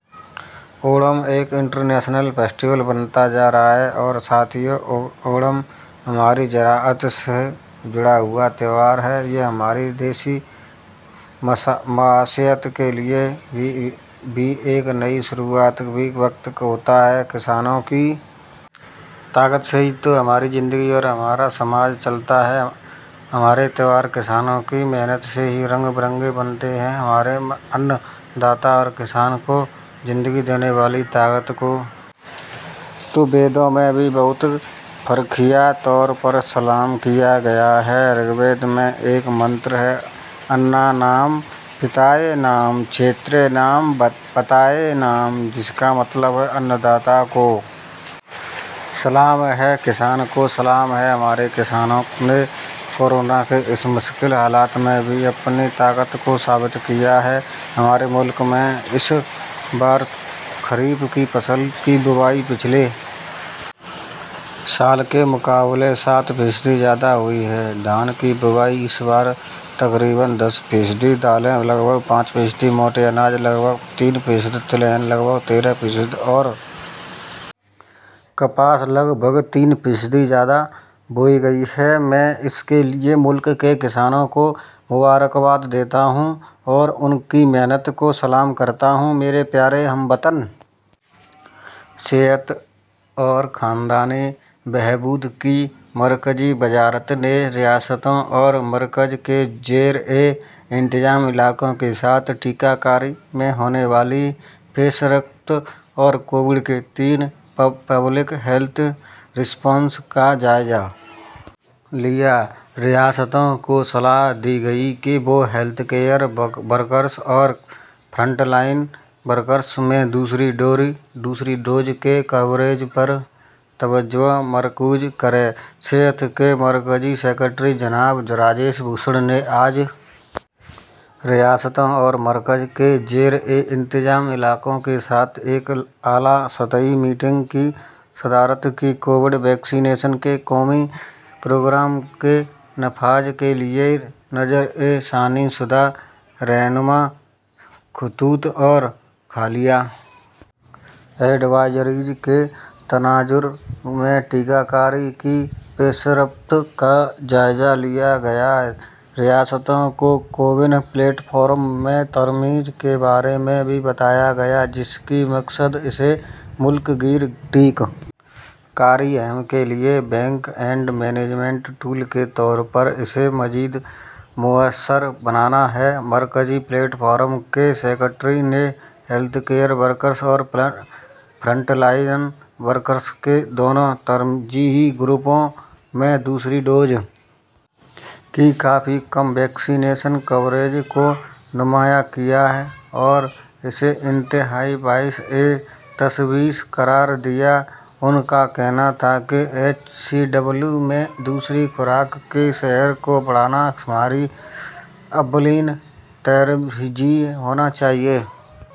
اونم ایک international festival بنتا جا رہا ہے ساتھیو اونم ہماری زراعت سے جڑا ہوا تہوار ہے یہ ہماری دیہی معیشت کے لیے بھی ایک نئی شروعات کا وقت ہوتا ہے کسانوں کی طاقت سے ہی تو ہماری زندگی اور ہمارا سماج چلتا ہے ہمارے تہوار کسانوں کی محنت سے ہی رنگ برنگے بنتے ہیں ہمارے اَن داتا اور کسانوں کو زندگی دینے والی طاقت کو تو ویدوں میں بھی بہت فخریہ طور پر سلام کیا گیا ہے رگ وید میں ایک منتر ہے اَنّا نام پتائے نماہ چھیترا نام پتائے نماہ جس کا مطلب ہے اَن داتا کو سلام ہے کسان کو سلام ہے ہمارے کسانوں نے کورونا کے اس مشکل حالات میں بھی اپنی طاقت کو ثابت کیا ہے ہمارے ملک میں اس بار خریف کی فصل کی بوائی پچھلے سال کے مقابلے سات فیصد زیادہ ہوئی ہے دھان کی روپائی اس بار تقریباً دس فیصد دالیں لگ بھگ پانچ فیصد موٹے اناج لگ بھگ تین فیصد تلہن لگ بھگ تیرہ فیصد اور کپاس لگ بھگ تین فیصد زیادہ بوئی گئی ہے میں اس کے لیے ملک کے کسانوں کو مبارکباد دیتا ہوں اور ان کی محنت کو سلام کرتا ہوں میرے پیارے ہم وطنو ادھر صحت اور خاندانی بہبود کی مرکزی وزارت نے ریاستوں اور مرکز کے زیر انتظام علاقوں کے ساتھ ٹیکہ کاری میں ہونے والی پیش رفت اور کووڈ کے تئیں پبلک ہیلتھ رسپانس کا جائزہ لیا ریاستوں کو صلاح دی گئی کہ وہ ہیلتھ کیئر ورکرز اور فرنٹ لائن ورکرز میں دوسری ڈوز کے کوریج پر توجہ مرکوز کریں صحت کے مرکزی سکریٹری جناب راجیش بھوشن نے آج ریاستوں اور مرکز کے زیر انتظام علاقوں کے ساتھ ایک اعلیٰ سطحی میٹنگ کی صدارت کی کووڈ ٹیکہ کاری کے قومی پروگرام کے نفاذ کے لیے نظر ثانی شدہ رہنما خطوط اور حالیہ ایڈوائزریز کے تناظر میں ٹیکہ کاری کی پیش رفت کا جائزہ لیا گیا ریاستوں کو کووِن پلیٹ فارم میں ترمیم کے بارے میں بھی بتایا گیا جس کا مقصد اسے ملک گیر ٹیکہ کاری مہم کے لیے بیک اینڈ مینجمنٹ ٹول کے طور پر مزید موثر بنانا ہے مرکزی ہیلتھ سکریٹری نے ہیلتھ کیئر ورکرز اور فرنٹ لائن ورکرز کے دونوں ترجیحی گروپوں میں دوسری ڈوز کی کافی کم ویکسینیشن کوریج کو نمایاں کیا اور اسے انتہائی باعث تشویش قرار دیا ان کا کہنا تھا کہ ایچ سی ڈبلیو میں دوسری خوراک کی شرح کو بڑھانا ہماری اولین ترجیح ہونا چاہیے